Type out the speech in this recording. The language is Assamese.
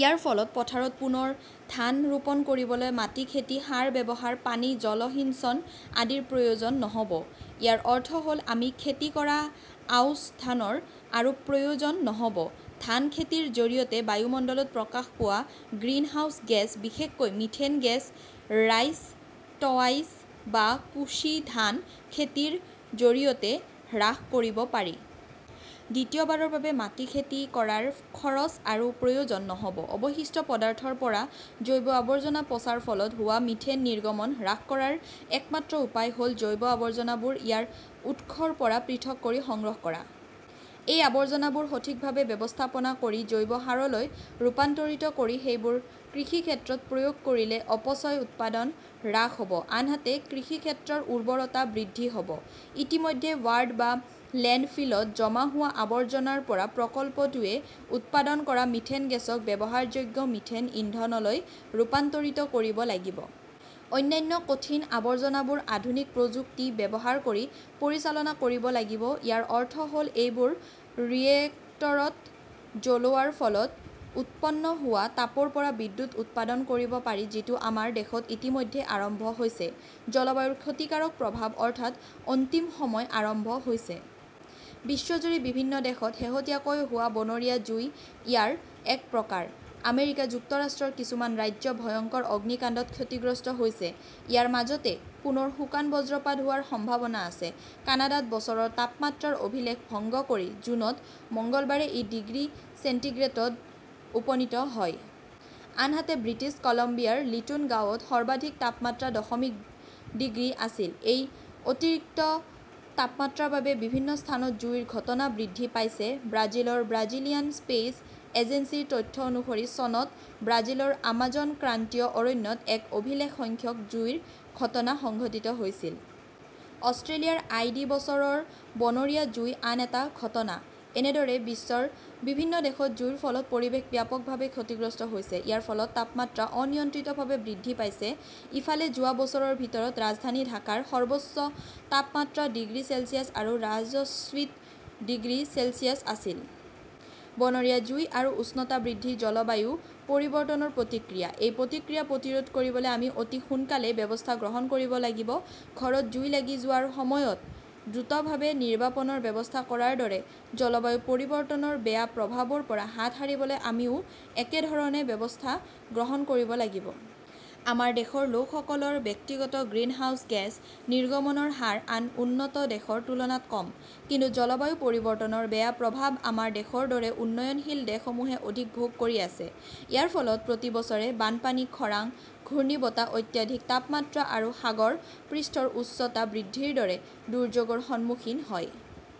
ইয়াৰ ফলত পথাৰত পুনৰ ধান ৰোপণ কৰিবলৈ মাটি খেতি, সাৰ ব্যৱহাৰ, পানী জলসিঞ্চন আদিৰ প্ৰয়োজন নহ'ব। ইয়াৰ অৰ্থ হ'ল আমি খেতি কৰা আউছ ধানৰ আৰু প্ৰয়োজন নহ'ব। ধান খেতিৰ জৰিয়তে বায়ুমণ্ডলত প্ৰকাশ পোৱা গ্ৰীণহাউছ গেছ, বিশেষকৈ মিথেন গেছ, 'ৰাইচ-টৱাইচ'বা কুশী ধান খেতিৰ জৰিয়তে হ্ৰাস কৰিব পাৰি। দ্বিতীয়বাৰৰ বাবে মাটি খেতি কৰাৰ খৰচ আৰু প্ৰয়োজন নহ'ব। অৱশিষ্ট পদাৰ্থৰ পৰা জৈৱ আৱৰ্জনা পচাৰ ফলত হোৱা মিথেন নিৰ্গমন হ্ৰাস কৰাৰ একমাত্ৰ উপায় হ'ল জৈৱ আৱৰ্জনাবোৰ ইয়াৰ উৎসৰ পৰা পৃথক কৰি সংগ্ৰহ কৰা। এই আৱৰ্জনাবোৰ সঠিকভাৱে ব্যৱস্থাপনা কৰি জৈৱ সাৰলৈ ৰূপান্তৰিত কৰি সেইবোৰ কৃষিক্ষেত্ৰত প্ৰয়োগ কৰিলে, অপচয় উৎপাদন হ্ৰাস হ 'ব, আনহাতে কৃষিক্ষেত্ৰৰ উৰ্বৰতা বৃদ্ধি হ'ব। ইতিমধ্যে বাৰ্ড বা লেণ্ডফিলত জমা হোৱা আৱৰ্জনাৰ পৰা প্ৰকল্পটোৱে উৎপাদন কৰা মিথেন গেছক ব্যৱহাৰযোগ্য মিথেন ইন্ধনলৈ ৰূপান্তৰিত কৰিব লাগিব। অন্যান্য কঠিন আৱৰ্জনাবোৰ আধুনিক প্ৰযুক্তি ব্যৱহাৰ কৰি পৰিচালনা কৰিব লাগিব। ইয়াৰ অৰ্থ হ'ল এইবোৰ ৰিয়েক্টৰত জ্বলোৱাৰ ফলত উৎপন্ন হোৱা তাপৰ পৰা বিদ্যুৎ উৎপাদন কৰিব পাৰি, যিটো আমাৰ দেশত ইতিমধ্যে আৰম্ভ হৈছে। জলবায়ুৰ ক্ষতিকাৰক প্ৰভাৱ, অৰ্থাৎ অন্তিম সময় আৰম্ভ হৈছে। বিশ্বজুৰি বিভিন্ন দেশত শেহতীয়াকৈ হোৱা বনৰীয়া জুই ইয়াৰ এক প্ৰকাৰ। আমেৰিকা যুক্তৰাষ্ট্ৰৰ কিছুমান ৰাজ্য ভয়ংকৰ অগ্নিকাণ্ডত ক্ষতিগ্ৰস্ত হৈছে। ইয়াৰ মাজতে পুনৰ শুকান বজ্ৰপাত হোৱাৰ সম্ভাৱনা আছে। কানাডাত বছৰৰ তাপমাত্ৰাৰ অভিলেখ ভংগ কৰি জুনত মঙলবাৰে ই ডিগ্ৰী চেণ্টিগ্ৰেডত উপনীত হয়। আনহাতে, ব্ৰিটিছ কলম্বিয়াৰ লিটুন গাঁৱত সৰ্বাধিক তাপমাত্ৰা দশমিক ডিগ্ৰী আছিল। এই অতিৰিক্ত তাপমাত্ৰাৰ বাবে বিভিন্ন স্থানত জুইৰ ঘটনা বৃদ্ধি পাইছে। ব্ৰাজিলৰ ব্ৰাজিলিয়ান স্পেচ এজেন্সিৰ তথ্য অনুসৰি চনত ব্ৰাজিলৰ আমাজন ক্ৰান্তীয় অৰণ্যত এক অভিলেখ সংখ্যক জুইৰ ঘটনা সংঘটিত হৈছিল। অষ্ট্ৰেলিয়াৰ আই. ডি. বছৰৰ বনৰীয়া জুই আন এটা ঘটনা। এনেদৰে, বিশ্বৰ বিভিন্ন দেশত জুইৰ ফলত পৰিৱেশ ব্যাপকভাৱে ক্ষতিগ্ৰস্ত হৈছে। ইয়াৰ ফলত তাপমাত্ৰা অনিয়ন্ত্ৰিতভাৱে বৃদ্ধি পাইছে। ইফালে, যোৱা বছৰৰ ভিতৰত ৰাজধানী ঢাকাৰ সৰ্বোচ্চ তাপমাত্ৰা ডিগ্ৰী চেলছিয়াছ আৰু ৰাজশ্বীত ডিগ্ৰী চেলছিয়াছ আছিল। বনৰীয়া জুই আৰু উষ্ণতা বৃদ্ধি জলবায়ু পৰিৱৰ্তনৰ প্ৰতিক্ৰিয়া। এই প্ৰতিক্ৰিয়া প্ৰতিৰোধ কৰিবলৈ আমি অতি সোনকালেই ব্যৱস্থা গ্ৰহণ কৰিব লাগিব। ঘৰত জুই লাগি যোৱাৰ সময়ত দ্ৰুতভাৱে নিৰ্বাপনৰ ব্যৱস্থা কৰাৰ দৰে, জলবায়ু পৰিৱৰ্তনৰ বেয়া প্ৰভাৱৰ পৰা হাত সাৰিবলৈ আমিও একেধৰণে ব্যৱস্থা গ্ৰহণ কৰিব লাগিব। আমাৰ দেশৰ লোকসকলৰ ব্যক্তিগত গ্ৰিনহাউজ গেছ নিৰ্গমনৰ হাৰ আন উন্নত দেশৰ তুলনাত কম। কিন্তু জলবায়ু পৰিৱৰ্তনৰ বেয়া প্ৰভাৱ আমাৰ দেশৰ দৰে উন্নয়নশীল দেশসমূহে অধিক ভোগ কৰি আছে। ইয়াৰ ফলত প্ৰতি বছৰে বানপানী, খৰাং, ঘূৰ্ণীবতাহ, অত্যাধিক তাপমাত্ৰা আৰু সাগৰ পৃষ্ঠৰ উচ্চতা বৃদ্ধিৰ দৰে দুৰ্যোগৰ সন্মুখীন হয়।